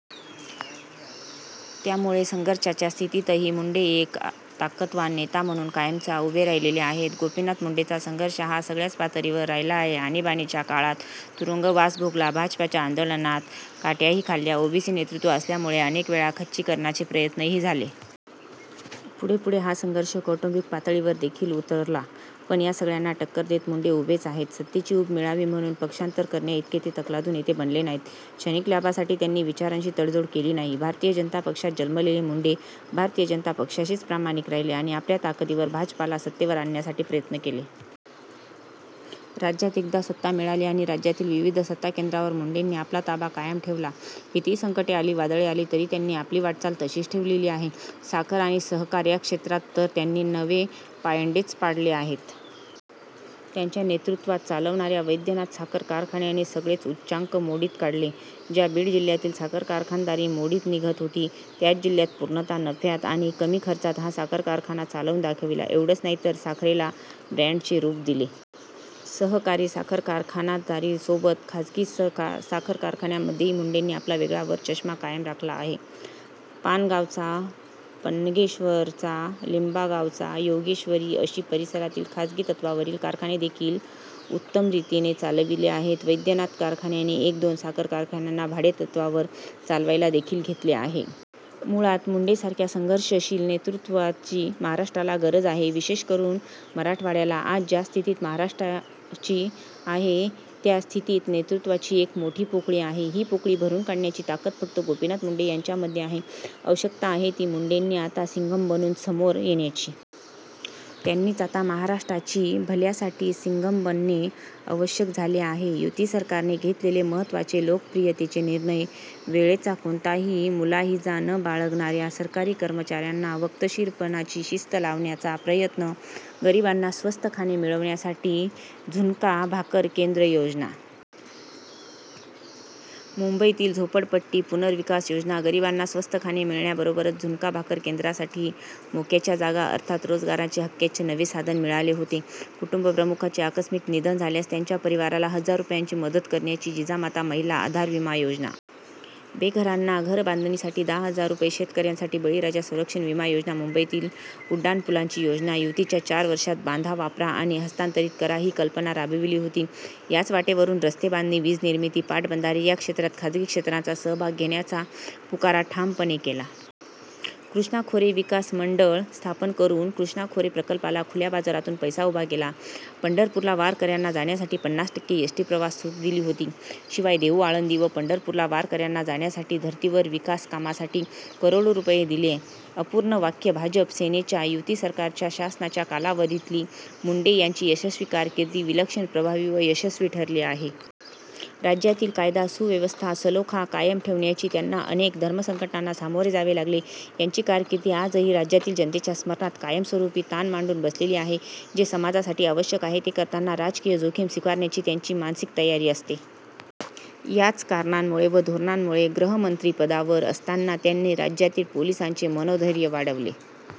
त्यामुळे या संघर्षाच्या स्थितीतही मुंडे एक ताकदवान नेता म्हणून कायमच उभे राहिलेले आहेत. गोपीनाथ मुंडेंचा संघर्ष हा सगळय़ाच पातळीवर राहिला आहे. आणीबाणीच्या काळात तुरुंगवास भोगला. भाजपाच्या आन्दोलनात काठय़ाही खाल्ल्या. ओबीसी नेतृत्व असल्यामुळे अनेकवेळा खच्चीकरणाचे प्रयत्नही झाले. पुढे-पुढे हा संघर्ष कौटुंबिक पातळीवरदेखील उतरला; पण या सगळय़ांना टक्कर देत मुंडे उभेच आहेत. सत्तेची ऊब मिळावी म्हणून पक्षान्तर करण्याइतके ते तकलादू नेते बनले नाहीत. क्षणिक लाभासाठी त्यांनी विचारांशी तडजोड केली नाही. भारतीय जनता पक्षात जन्मलेले मुंडे, भारतीय जनता पक्षाशीच प्रामाणिक राहिले आणि आपल्या ताकदीवर भाजपाला सत्तेवर आणण्यासाठी प्रयत्न केले. राज्यात एकदा सत्ता मिळाली आणि राज्यातील विविध सत्ताकेंद्रावर मुंडेंनी आपला ताबा कायम ठेवला आहे. कितीही संकटे आली, वादळे आली तरी त्यांनी आपली वाटचाल तशीच ठेवलेली आहे. साखर आणि सहकार या क्षेत्रात तर त्यांनी नवे पायंडेच पाडले आहेत. त्यांच्या नेतृत्वात चालणाऱ्या वैद्यनाथ साखर कारखान्याने सगळेच उच्चांक मोडीत काढले. ज्या बीड जिल्ह्यातील साखर कारखानदारी मोडीत निघत होती, त्याच जिल्ह्यात पूर्णत नफ्यात आणि कमी खर्चात हा साखर कारखाना चालवून दाखविला. एवढंच नाहीतर साखरेला ब्रॅंडचे रूप दिले. सहकारी साखर कारखानदारीसोबत खासगी साखर कारखान्यांमध्येही मुंडेंनी आपला वेगळा वरचष्मा कायम राखला आहे. पानगावचा पन्नगेश्वर, लिम्बा गावचा योगेश्वरी, अशी या परिसरात खासगी तत्त्वावरील कारखानेदेखील उत्तमरीतीने चालविले आहेत. वैद्यनाथ कारखान्याने एक-दोन साखर कारखान्यांना भाडेतत्त्वावर चालवायलादेखील घेतले आहे. मुळात मुंडेंसारख्या संघर्षशील नेतृत्वाची महाराष्ट्राला गरज आहे. विशेष करून मराठवाडय़ाला. आज ज्या स्थितीत महाराष्ट्राची आहे त्या स्थितीत नेतृत्वाची एक मोठी पोकळी आहे. ही पोकळी भरून काढण्याची ताकद फक्त गोपीनाथ मुंडे यांच्यामध्ये आहे. आवश्यकता आहे ती मुंडेंनी आता सिंघम बनून समोर येण्याची. त्यांनीच आता महाराष्ट्राची भल्यासाठी सिंघम बनणे आवश्यक झाले आहे. युती सरकारने घेतलेले महत्त्वाचे लोकप्रियतेचे निर्णय: वेळेचा कोणताही मुलाहिजा न बाळगणाऱ्या सरकारी कर्मचाऱ्यांना वक्तशीरपणाची शिस्त लावण्याचा प्रयत्न. गरिबांना स्वस्त खाणे मिळण्यासाठी झुणका भाकर केंद्र योजना. मुम्बईतील झोपडपट्टी पुनर्विकास योजना. गरिबांना स्वस्त खाणे मिळण्याबरोबरच झुणका भाकर केंद्रांसाठी मोक्याच्या जागा अर्थात रोजगाराचे हक्काचे नवे साधन मिळाले होते. कुटुम्बप्रमुखाचे आकस्मिक निधन झाल्यास त्याच्या परिवाराला हजार रुपयांची मदत करण्यासाठी जिजामाता महिला आधार विमा योजना. बेघरांना घरबांधणीसाठी दहा हजार रुपये. शेतकऱ्यांसाठी बळीराजा संरक्षण विमा योजना. मुम्बईत उड्डाणपुलांची योजना. युतीच्या चार वर्षांत 'बांधा, वापरा आणि हस्तांतरित करा,' ही कल्पना राबवली होती. याच वाटेवरून रस्तेबांधणी, वीज निर्मिती, पाटबंधारे या क्षेत्रांत खाजगी क्षेत्रांचा सहभाग घेण्याचा पुकारा ठामपणे केला. कृष्णा खोरे विकास मण्डळ स्थापन करून कृष्णा खोरे प्रकल्पाला खुल्या बाजारातून पैसा उभा केला. पण्ढरपूरला वारकऱ्यांना जाण्यासाठी पन्नास टक्के एस. टी. प्रवासात सुट दिली होती. शिवाय देहू, आळन्दी व पण्ढरपूरला वारकऱ्यांना जाण्यासाठी धर्तीवर विकास कामासाठी करोडो रुपये दिल्या अपूर्ण वाक्य भाजप -सेनेच्या युतीसरकारच्या शासनाच्या कालावधीतील मुंडे यांची यशस्वी कारकीर्द विलक्षण प्रभावी व यशस्वी ठरली आहे. राज्यातील कायदा सुव्यवस्था सलोखा कायम ठेवण्यासाठी त्यांना अनेक धर्मसंकटांना सामोरे जावे लागले, त्यांची कारकीर्द आजही राज्यातील जनतेच्या स्मरणात कायम स्वरूपी ताण मांडून बसली आहे. जे समाजासाठी आवश्यक आहे ते करताना राजकीय जोखीम स्वीकारण्याची त्यांची मानसिक तयारी असते. याच कारणांमुळे व धोरणांमुळे गृहमंत्री पदावर असतांना त्यांनी राज्यातील पोलिसांचे मनोधैर्य वाढविले.